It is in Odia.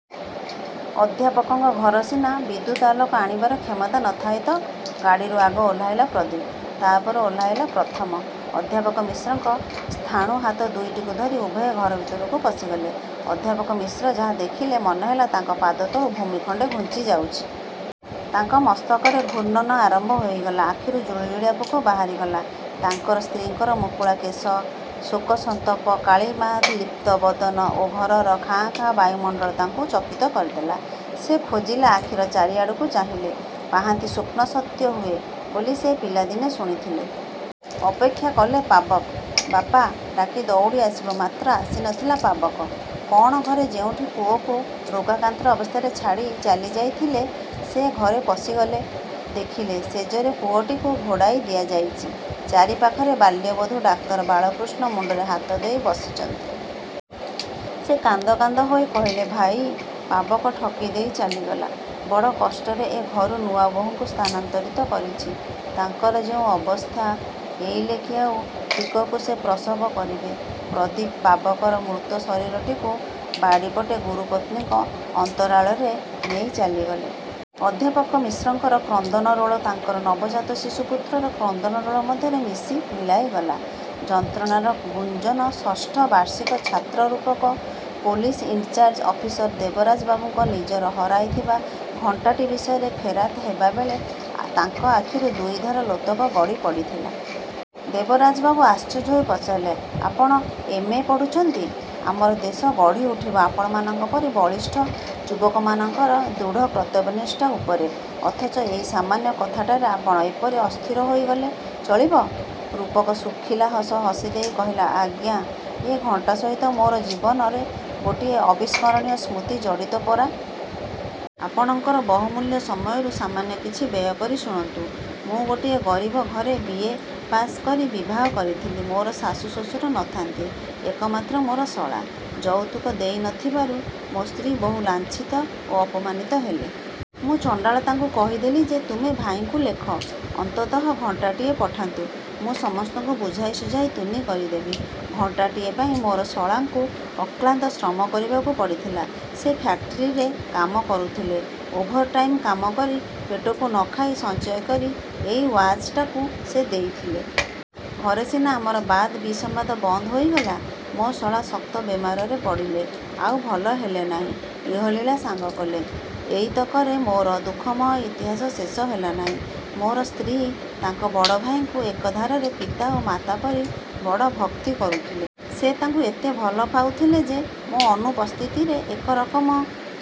ଅଧ୍ୟାପକଙ୍କ ଘର ସିନା, ବିଦ୍ୟୁତ ଆଲୋକ ଆଣିବାର କ୍ଷମତା ନ ଥାଏ ତ! ଗାଡ଼ିରୁ ଆଗ ଓହ୍ଲାଇଲା ପ୍ରଦୀପ, ତାପରେ ଓହ୍ଲାଇଲା ପ୍ରଥମ। ଅଧ୍ୟାପକ ମିଶ୍ରଙ୍କ ସ୍ଥାଣୁ ହାତ ଦୁଇଟିକୁ ଧରି ଉଭୟେ ଘର ଭିତରକୁ ପଶିଗଲେ। ଅଧ୍ୟାପକ ମିଶ୍ର ଯାହା ଦେଖିଲେ ମନେ ହେଲା ତାଙ୍କ ପାଦତଳୁ ଭୂମି ଖଣ୍ଡେ ଘୁଞ୍ଚି ଯାଉଚି। ତାଙ୍କ ମସ୍ତକର ଘୂର୍ଣ୍ଣନ ଆରମ୍ଭ ହୋଇଗଲା। ଆଖିରୁ ଜୁଳୁଜୁଳିଆ ପୋକ ବାହାରିଗଲା। ତାଙ୍କର ସ୍ତ୍ରୀଙ୍କର ମୁକୁଳା କେଶ, ଶୋକସନ୍ତପ କାଳିମାଲିପ୍ତ-ବଦନ ଓ ଘରର ଖାଁ ଖାଁ ବାୟୁମଣ୍ଡଳ ତାଙ୍କୁ ଚକିତ କରିଦେଲା। ସେ ଖୋଜିଲା ଆଖିର ଚାରିଆଡ଼କୁ ଚାହିଁଲେ। ପାହାନ୍ତି ସ୍ୱପ୍ନ ସତ୍ୟ ହୁଏ ବୋଲି ସେ ପିଲାଦିନେ ଶୁଣିଥିଲେ। ଅପେକ୍ଷା କଲେ ପାବକ 'ବାପା' ଡ଼ାକି ଦଉଡ଼ି ଆସିବ। ମାତ୍ର ଆସି ନ ଥିଲା ପାବକ। କ'ଣ ଘରେ ଯେଉଁଠି ସେ ପୁଅକୁ ରୋଗାକ୍ରାନ୍ତ ଅବସ୍ଥାରେ ଛାଡ଼ି ଚାଲି ଯାଇଥିଲେ, ସେ ଘରେ ପଶିଗଲେ। ଦେଖିଲେ ଶେଯରେ ପୁଅଟିକୁ ଘୋଡ଼ାଇ ଦିଆଯାଇଚି। ତାରି ପାଖରେ ବାଲ୍ୟବନ୍ଧୁ ଡାକ୍ତର ବାଳକୃଷ୍ଣ ମୁଣ୍ଡରେ ହାତ ଦେଇ ବସିଚନ୍ତି। ସେ କାନ୍ଦ କାନ୍ଦ ହୋଇ କହିଲେ—ଭାଇ, ପାବକ ଠକି ଦେଇ ଚାଲିଗଲା। ବଡ଼ କଷ୍ଟରେ ଏ ଘରୁ ନୂଆବୋହୂଙ୍କୁ ସ୍ଥାନାନ୍ତରିତ କରିଛି। ତାଙ୍କର ଯେଉଁ ଅବସ୍ଥା,। ଏଇଲେ କି ଆଉ ଟିକକୁ ସେ ପ୍ରସବ କରିବେ। ପ୍ରଦୀପ 'ପାବକ'ର ମୃତ ଶରୀରଟିକୁ ବାଡ଼ିପଟେ ଗୁରୁପତ୍ନୀଙ୍କ ଅନ୍ତରାଳରେ ନେଇ ଚାଲିଗଲେ। ଅଧ୍ୟାପକ ମିଶ୍ରଙ୍କର କ୍ରନ୍ଦନରୋଳ ତାଙ୍କର ନବଜାତ ଶିଶୁ ପୁତ୍ରର କ୍ରନ୍ଦନରୋଳ ମଧ୍ୟରେ ମିଶି ମିଳାଇଗଲା। ଯନ୍ତ୍ରଣାର ଗୁଞ୍ଜନ ଷଷ୍ଠ ବାର୍ଷିକ ଛାତ୍ର ରୂପକ, ପୋଲିସ୍ ଇନ୍ଚାର୍ଯ ଅଫିସର ଦେବରାଜ ବାବୁଙ୍କ ନିଜର ହରାଇଥିବା ଘଣ୍ଟାଟି ବିଷୟରେ ଫେରାଦ ହେବାବେଳେ ତାଙ୍କ ଆଖିରୁ ଦୁଇଧାର ଲୋତକ ଗଡ଼ିପଡ଼ିଥିଲା। ଦେବରାଜବାବୁ ଆଶ୍ଚର୍ଯ୍ୟ ହୋଇ ପଚାରିଲେ—ଆପଣ ଏମ୍, ଏ. ପଢ଼ୁଚନ୍ତି। ଆମର ଦେଶ ଗଢ଼ିଉଠିବ ଆପଣମାନଙ୍କ ପରି ବଳିଷ୍ଠ ଯୁବକମାନଙ୍କର ଦୃଢ଼ କର୍ତ୍ତବ୍ୟନିଷ୍ଠା ଉପରେ ଅଥଚ ଏଇ ସାମାନ୍ୟ କଥାଟାରେ ଆପଣ ଏପରି ଅସ୍ଥିର ହୋଇଗଲେ ଚଳିବ? ରୂପକ ଶୁଖିଲା ହସ ହସିଦେଇ କହିଥିଲା—ଆଜ୍ଞା, ଏ ଘଣ୍ଟା ସହିତ ମୋର ଜୀବନର ଗୋଟିଏ ଅବିସ୍ମରଣୀୟ ସ୍ମୃତି ଜଡ଼ିତ ପରା! ଆପଣଙ୍କର ବହୁମୂଲ୍ୟ ସମୟରୁ ସାମାନ୍ୟ କିଛି ବ୍ୟୟ କରି ଶୁଣନ୍ତୁ। ମୁଁ ଗୋଟିଏ ଗରିବ ଘରେ ବି. ଏ. ପାଶ କରି ବିବାହ କରିଥିଲି। ମୋର ଶାଶୁ ଶଶୁର ନ ଥାଆନ୍ତି। ଏକମାତ୍ର ମୋର ଶଳା। ଯଉତୁକ ଦେଇ ନ ଥିବାରୁ ମୋ ସ୍ତ୍ରୀ ବହୁ ଲାଞ୍ଛିତା ଓ ଅପମାନିତା ହେଲେ। ମୁଁ ଚଣ୍ଡାଳ ତାଙ୍କୁ କହିଦେଲି ଯେ, ତୁମେ ଭାଇଙ୍କୁ ଲେଖ, ଅନ୍ତତଃ ଘଣ୍ଟାଟିଏ ପଠାନ୍ତୁ, ମୁଁ ସମସ୍ତଙ୍କୁ ବୁଝାଇ ଶୁଝାଇ ତୁନି କରିଦେବି। ଘଣ୍ଟାଟିଏ ପାଇଁ ମୋର ଶଳାଙ୍କୁ ଅକ୍ଳାନ୍ତ ଶ୍ରମ କରିବାକୁ ପଡ଼ିଥିଲା। ସେ ଫ୍ୟାକ୍ଟରୀରେ କାମ କରୁଥିଲେ। ଓଭର ଟାଇମ୍ କାମ କରି ପେଟକୁ ନ ଖାଇ ସଞ୍ଚୟ କରି ଏଇ ୱାଚଟାକୁ ସେ ଦେଇଥିଲେ। ଘରେ ସିନା ଆମର ବାଦ ବିସମ୍ବାଦ ବନ୍ଦ ହୋଇଗଲା, ମୋ ଶଳା ଶକ୍ତ ବେମାରରେ ପଡ଼ିଲେ, ଆଉ ଭଲ ହେଲେ ନାହିଁ, ଇହଲୀଳା ସାଙ୍ଗ କଲେ। ଏଇତକରେ ମୋର ଦୁଃଖମୟ ଇତିହାସ ଶେଷ ହେଲା ନାହିଁ। ମୋର ସ୍ତ୍ରୀ ତାଙ୍କ ବଡ଼ଭାଇଙ୍କୁ ଏକାଧାରରେ ପିତା ଓ ମାତା ପରି ବଡ଼ ଭକ୍ତି କରୁଥିଲେ। ସେ ତାଙ୍କୁ ଏତେ ଭଲ ପାଉଥିଲେ ଯେ, ମୋ ଅନୁପସ୍ଥିତିରେ ଏକ ରକମ